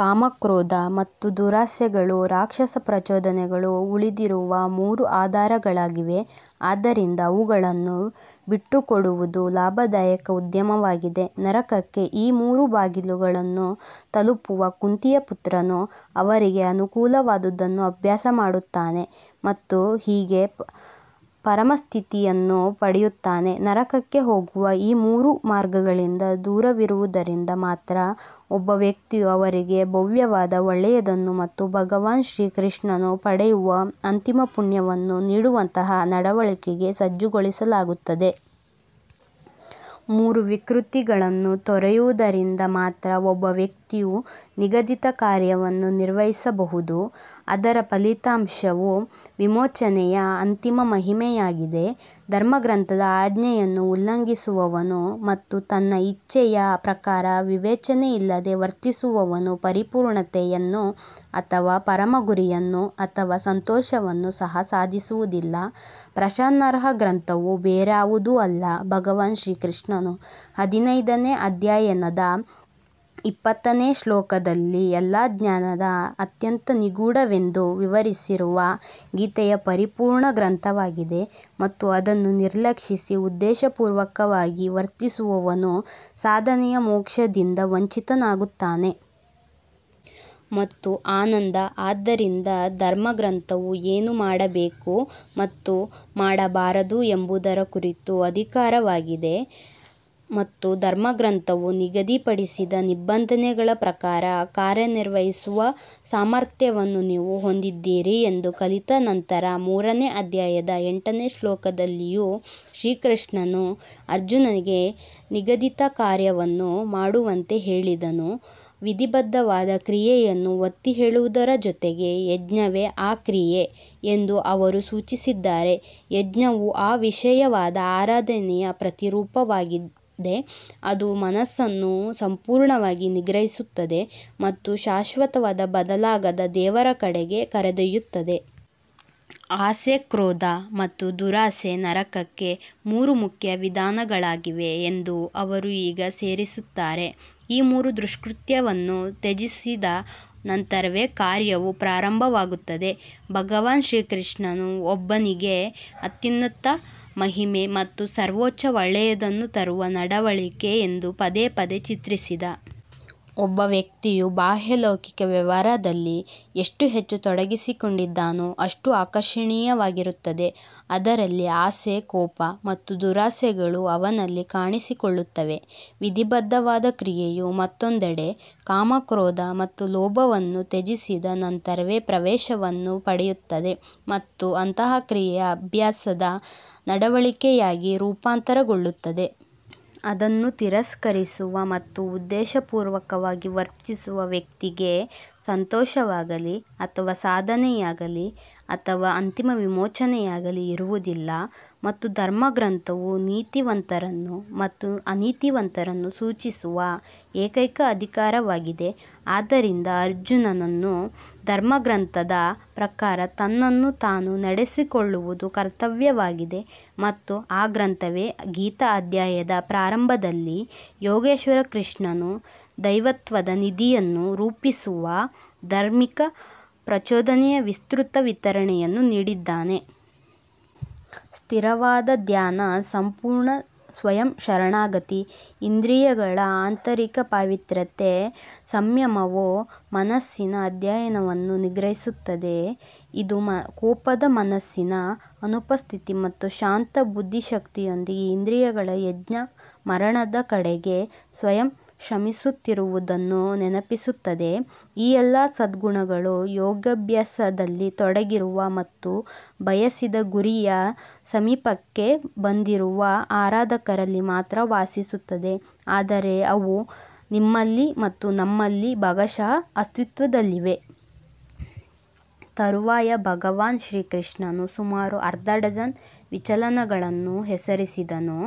ಕಾಮ ಕ್ರೋಧ ಮತ್ತು ದುರಾಶೆಗಳು ರಾಕ್ಷಸ ಪ್ರಚೋದನೆಗಳು ಉಳಿದಿರುವ ಮೂರು ಆಧಾರಗಳಾಗಿವೆ ಆದ್ದರಿಂದ ಅವುಗಳನ್ನು ಬಿಟ್ಟುಕೊಡುವುದು ಲಾಭದಾಯಕ ಉದ್ಯಮವಾಗಿದೆ ನರಕಕ್ಕೆ ಈ ಮೂರು ಬಾಗಿಲುಗಳನ್ನು ತಪ್ಪಿಸುವ ಕುಂತಿಯ ಪುತ್ರನು ಅವರಿಗೆ ಅನುಕೂಲವಾದದ್ದನ್ನು ಅಭ್ಯಾಸ ಮಾಡುತ್ತಾನೆ ಮತ್ತು ಹೀಗೆ ಪರಮ ಸ್ಥಿತಿಯನ್ನು ಪಡೆಯುತ್ತಾನೆ. ನರಕಕ್ಕೆ ಹೋಗುವ ಈ ಮೂರು ಮಾರ್ಗಗಳಿಂದ ದೂರವಿರುವುದರಿಂದ ಮಾತ್ರ ಒಬ್ಬ ವ್ಯಕ್ತಿಯು ಅವರಿಗೆ ಭವ್ಯವಾದ ಒಳ್ಳೆಯದನ್ನು ಮತ್ತು ಭಗವಾನ್ ಶ್ರೀಕೃಷ್ಣನನ್ನು ಪಡೆಯುವ ಅಂತಿಮ ಪುಣ್ಯವನ್ನು ನೀಡುವಂತಹ ನಡವಳಿಕೆಗೆ ಸಜ್ಜುಗೊಳಿಸಲಾಗುತ್ತದೆ. ಮೂರು ವಿಕೃತಿಗಳನ್ನು ತೊರೆಯುವುದರಿಂದ ಮಾತ್ರ ಒಬ್ಬ ವ್ಯಕ್ತಿಯು ನಿಗದಿತ ಕಾರ್ಯವನ್ನು ನಿರ್ವಹಿಸಬಹುದು ಅದರ ಫಲಿತಾಂಶವು ವಿಮೋಚನೆಯ ಅಂತಿಮ ಮಹಿಮೆಯಾಗಿದೆ. ಧರ್ಮಗ್ರಂಥದ ಆಜ್ಞೆಯನ್ನು ಉಲ್ಲಂಘಿಸುವವನು ಮತ್ತು ತನ್ನ ಇಚ್ಛೆಯ ಪ್ರಕಾರ ವಿವೇಚನೆಯಿಲ್ಲದೆ ವರ್ತಿಸುವವನು ಪರಿಪೂರ್ಣತೆಯನ್ನು ಅಥವಾ ಪರಮ ಗುರಿಯನ್ನು ಅಥವಾ ಸಂತೋಷವನ್ನು ಸಹ ಸಾಧಿಸುವುದಿಲ್ಲ. ಪ್ರಶ್ನಾರ್ಹ ಗ್ರಂಥವು ಬೇರಾವುದೂ ಅಲ್ಲ ಭಗವಾನ್ ಕೃಷ್ಣನು ಹದಿನೈದನೇ ಅಧ್ಯಾಯದ ಇಪ್ಪತ್ತನೇ ಶ್ಲೋಕದಲ್ಲಿ ಎಲ್ಲಾ ಜ್ಞಾನದ ಅತ್ಯಂತ ನಿಗೂಢವೆಂದು ವಿವರಿಸಿರುವ ಗೀತೆಯೇ ಪರಿಪೂರ್ಣ ಗ್ರಂಥವಾಗಿದೆ ಮತ್ತು ಅದನ್ನು ನಿರ್ಲಕ್ಷಿಸಿ ಉದ್ದೇಶಪೂರ್ವಕವಾಗಿ ವರ್ತಿಸುವವನು ಸಾಧನೆಯ ಮೋಕ್ಷದಿಂದ ವಂಚಿತನಾಗುತ್ತಾನೆ. ಮತ್ತು ಆನಂದ ಆದ್ದರಿಂದ ಧರ್ಮಗ್ರಂಥವು ಏನು ಮಾಡಬೇಕು ಮತ್ತು ಮಾಡಬಾರದು ಎಂಬುದರ ಕುರಿತು ಅಧಿಕಾರವಾಗಿದೆ ಮತ್ತು ಧರ್ಮಗ್ರಂಥವು ನಿಗದಿಪಡಿಸಿದ ನಿಬಂಧನೆಗಳ ಪ್ರಕಾರ ಕಾರ್ಯನಿರ್ವಹಿಸುವ ಸಾಮರ್ಥ್ಯವನ್ನು ನೀವು ಹೊಂದಿದ್ದೀರಿ ಎಂದು ಕಲಿತ ನಂತರ ಮೂರನೇ ಅಧ್ಯಾಯದ ಎಂಟನೇ ಶ್ಲೋಕದಲ್ಲಿಯೂ ಶ್ರೀಕೃಷ್ಣನು ಅರ್ಜುನನಿಗೆ ನಿಗದಿತ ಕಾರ್ಯವನ್ನು ಮಾಡುವಂತೆ ಹೇಳಿದನು ವಿಧಿಬದ್ಧವಾದ ಕ್ರಿಯೆಯನ್ನು ಒತ್ತಿಹೇಳುವುದರ ಜೊತೆಗೆ ಯಜ್ಞವೇ ಆ ಕ್ರಿಯೆ ಎಂದೂ ಅವರು ಸೂಚಿಸಿದ್ದಾರೆ ಯಜ್ಞವು ಆ ವಿಶೇಷವಾದ ಆರಾಧನೆಯ ಪ್ರತಿರೂಪವಾಗಿದೆ ಅದು ಮನಸ್ಸನ್ನು ಸಂಪೂರ್ಣವಾಗಿ ನಿಗ್ರಹಿಸುತ್ತದೆ ಮತ್ತು ಶಾಶ್ವತವಾದ ಬದಲಾಗದ ದೇವರ ಕಡೆಗೆ ಕರೆದೊಯ್ಯುತ್ತದೆ. ಆಸೆ ಕ್ರೋಧ ಮತ್ತು ದುರಾಶೆ ನರಕಕ್ಕೆ ಮೂರು ಮುಖ್ಯ ವಿಧಾನಗಳಾಗಿವೆ ಎಂದು ಅವರು ಈಗ ಸೇರಿಸುತ್ತಾರೆ ಈ ಮೂರು ದುಷ್ಕೃತ್ಯಗಳನ್ನು ತ್ಯಜಿಸಿದ ನಂತರವೇ ಕಾರ್ಯವು ಪ್ರಾರಂಭವಾಗುತ್ತದೆ ಭಗವಾನ್ ಕೃಷ್ಣನು ಒಬ್ಬನಿಗೆ ಅತ್ಯುನ್ನತ ಮಹಿಮೆ ಮತ್ತು ಸರ್ವೋಚ್ಚ ಒಳ್ಳೆಯದನ್ನು ತರುವ ನಡವಳಿಕೆ ಎಂದು ಪದೇ ಪದೇ ಚಿತ್ರಿಸಿದ. ಒಬ್ಬ ವ್ಯಕ್ತಿಯು ಬಾಹ್ಯ ಲೌಕಿಕ ವ್ಯವಹಾರದಲ್ಲಿ ಎಷ್ಟು ಹೆಚ್ಚು ತೊಡಗಿಸಿಕೊಂಡಿದ್ದಾನೋ ಅಷ್ಟು ಆಕರ್ಷಣೀಯವಾಗಿರುತ್ತದೆ ಅದರಲ್ಲಿ ಆಸೆ ಕೋಪ ಮತ್ತು ದುರಾಶೆಗಳು ಅವನಲ್ಲಿ ಕಾಣಿಸಿಕೊಳ್ಳುತ್ತವೆ. ವಿಧಿಬದ್ಧವಾದ ಕ್ರಿಯೆಯು ಮತ್ತೊಂದೆಡೆ ಕಾಮ ಕ್ರೋಧ ಮತ್ತು ಲೋಭವನ್ನು ತ್ಯಜಿಸಿದ ನಂತರವೇ ಪ್ರವೇಶವನ್ನು ಪಡೆಯುತ್ತದೆ ಮತ್ತು ಅಂತಹ ಕ್ರಿಯೆಯು ಅಭ್ಯಾಸದ ನಡವಳಿಕೆಯಾಗಿ ರೂಪಾಂತರಗೊಳ್ಳುತ್ತದೆ. ಅದನ್ನು ತಿರಸ್ಕರಿಸುವ ಮತ್ತು ಉದ್ದೇಶಪೂರ್ವಕವಾಗಿ ವರ್ತಿಸುವ ವ್ಯಕ್ತಿಗೆ ಸಂತೋಷವಾಗಲೀ ಅಥವಾ ಸಾಧನೆಯಾಗಲೀ ಅಥವಾ ಅಂತಿಮ ವಿಮೋಚನೆಯಾಗಲೀ ಇರುವುದಿಲ್ಲ. ಮತ್ತು ಧರ್ಮಗ್ರಂಥವು ನೀತಿವಂತರನ್ನು ಮತ್ತು ಅನೀತಿವಂತರನ್ನು ಸೂಚಿಸುವ ಏಕೈಕ ಅಧಿಕಾರವಾಗಿದೆ ಆದ್ದರಿಂದ ಅರ್ಜುನನು ಧರ್ಮಗ್ರಂಥದ ಪ್ರಕಾರ ತನ್ನನ್ನು ತಾನು ನಡೆಸಿಕೊಳ್ಳುವುದು ಕರ್ತವ್ಯವಾಗಿದೆ ಮತ್ತು ಆ ಗ್ರಂಥವೇ ಗೀತಾ ಅಧ್ಯಾಯದ ಆರಂಭದಲ್ಲಿ ಯೋಗೇಶ್ವರ ಕೃಷ್ಣನು ದೈವತ್ವದ ನಿಧಿಯನ್ನು ರೂಪಿಸುವ ಧಾರ್ಮಿಕ ಪ್ರಚೋದನೆಗಳ ವಿಸ್ತೃತ ವಿವರಣೆಯನ್ನು ನೀಡಿದ್ದಾನೆ. ಸ್ಥಿರವಾದ ಧ್ಯಾನ ಸಂಪೂರ್ಣ ಸ್ವಯಂ ಶರಣಾಗತಿ ಇಂದ್ರಿಯಗಳ ಆಂತರಿಕ ಪಾವಿತ್ರ್ಯತೆ ಸಂಯಮವು ಮನಸ್ಸಿನ ಅಧ್ಯಯನವನ್ನು ನಿಗ್ರಹಿಸುತ್ತದೆ ಇದು ಕೋಪದ ಮನಸ್ಸಿನ ಅನುಪಸ್ಥಿತಿ ಮತ್ತು ಶಾಂತ ಬುದ್ಧಿಶಕ್ತಿಯೊಂದಿಗೆ ಇಂದ್ರಿಯಗಳ ಯಜ್ಞ ಮರಣದ ಕಡೆಗೆ ಸ್ವಯಂ ಶ್ರಮಿಸುತ್ತಿರುವುದನ್ನು ನೆನಪಿಸುತ್ತದೆ. ಈ ಎಲ್ಲಾ ಸದ್ಗುಣಗಳು ಯೋಗಾಭ್ಯಾಸದಲ್ಲಿ ತೊಡಗಿರುವ ಮತ್ತು ಬಯಸಿದ ಗುರಿಯ ಸಮೀಪಕ್ಕೆ ಬಂದಿರುವ ಆರಾಧಕರಲ್ಲಿ ಮಾತ್ರ ವಾಸಿಸುತ್ತವೆ ಆದರೆ ಅವು ನಿಮ್ಮಲ್ಲಿ ಮತ್ತು ನನ್ನಲ್ಲಿ ಭಾಗಶಃ ಅಸ್ತಿತ್ವದಲ್ಲಿವೆ. ತರುವಾಯ ಭಗವಾನ್ ಕೃಷ್ಣನು ಸುಮಾರು ಅರ್ಧ ಡಜನ್ ವಿಚಲನಗಳನ್ನು ಹೆಸರಿಸಿದನು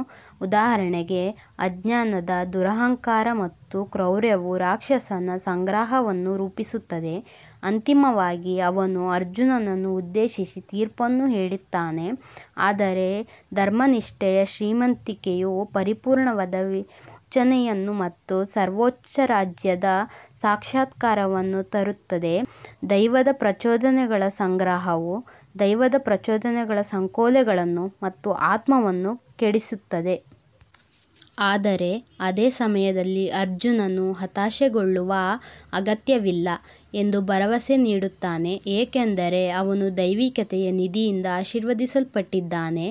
ಉದಾಹರಣೆಗೆ ಅಜ್ಞಾನದ ದುರಹಂಕಾರ ಮತ್ತು ಕ್ರೌರ್ಯವು ರಾಕ್ಷಸನ ಸಂಗ್ರಹವನ್ನು ರೂಪಿಸುತ್ತದೆ. ಅಂತಿಮವಾಗಿ ಅವನು ಅರ್ಜುನನನ್ನು ಉದ್ದೇಶಿಸಿ ತೀರ್ಪನ್ನು ಹೇಳುತ್ತಾನೆ ಆದರೆ ಧರ್ಮನಿಷ್ಠೆಯ ಶ್ರೀಮಂತಿಕೆಯು ಪರಿಪೂರ್ಣವಾದ ವಿಮೋಚನೆಯನ್ನು ಮತ್ತು ಸರ್ವೋಚ್ಚ ರಾಜ್ಯದ ಸಾಕ್ಷಾತ್ಕಾರವನ್ನು ತರುತ್ತದೆ ದೆವ್ವದ ಪ್ರಚೋದನೆಗಳ ಸಂಗ್ರಹವು ದೆವ್ವದ ಪ್ರಚೋದನೆಗಳ ಸಂಕೋಲೆಗಳನ್ನು ಮತ್ತು ಆತ್ಮವನ್ನು ಕೆಡಿಸುತ್ತದೆ. ಆದರೆ ಅದೇ ಸಮಯದಲ್ಲಿ ಅರ್ಜುನನು ಹತಾಶೆಗೊಳ್ಳುವ ಅಗತ್ಯವಿಲ್ಲ ಎಂದು ಭರವಸೆ ನೀಡುತ್ತಾನೆ ಏಕೆಂದರೆ ಅವನು ದೈವಿಕತೆಯ ನಿಧಿಯಿಂದ ಆಶೀರ್ವದಿಸಲ್ಪಟ್ಟಿದ್ದಾನೆ.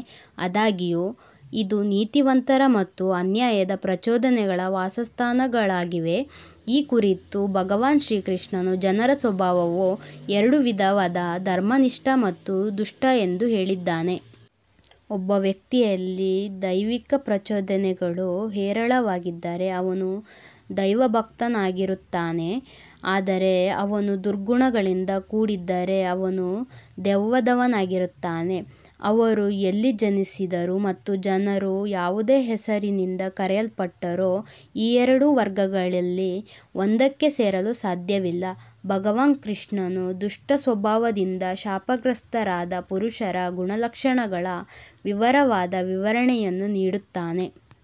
ಆದಾಗ್ಯೂ ಇದು ನೀತಿವಂತರ ಮತ್ತು ಅನ್ಯಾಯದ ಪ್ರಚೋದನೆಗಳ ವಾಸಸ್ಥಾನಗಳಾಗಿವೆ ಈ ಕುರಿತು ಭಗವಾನ್ ಶ್ರೀಕೃಷ್ಣನು ಜನರ ಸ್ವಭಾವವು ಎರಡು ವಿಧವಾದ ಧರ್ಮನಿಷ್ಠ ಮತ್ತು ದುಷ್ಟ ಎಂದು ಹೇಳಿದ್ದಾನೆ. ಒಬ್ಬ ವ್ಯಕ್ತಿಯಲ್ಲಿ ದೈವಿಕ ಪ್ರಚೋದನೆಗಳು ಹೇರಳವಾಗಿದ್ದರೆ ಅವನು ದೈವಭಕ್ತನಾಗಿರುತ್ತಾನೆ ಆದರೆ ಅವನು ದುರ್ಗುಣಗಳಿಂದ ಕೂಡಿದ್ದರೆ ಅವನು ದೆವ್ವದವನಾಗಿರುತ್ತಾನೆ. ಅವರು ಎಲ್ಲಿ ಜನಿಸಿದರೂ ಮತ್ತು ಜನರು ಯಾವುದೇ ಹೆಸರಿನಿಂದ ಕರೆಯಲ್ಪಟ್ಟರೂ ಈ ಎರಡು ವರ್ಗಗಳಲ್ಲಿ ಒಂದಕ್ಕೆ ಸೇರಲು ಸಾಧ್ಯವಿಲ್ಲ ಭಗವಾನ್ ಕೃಷ್ಣನು ದುಷ್ಟ ಸ್ವಭಾವದಿಂದ ಶಾಪಗ್ರಸ್ತರಾದ ಪುರುಷರ ಗುಣಲಕ್ಷಣಗಳ ವಿವರವಾದ ವಿವರಣೆಯನ್ನು ನೀಡುತ್ತಾನೆ.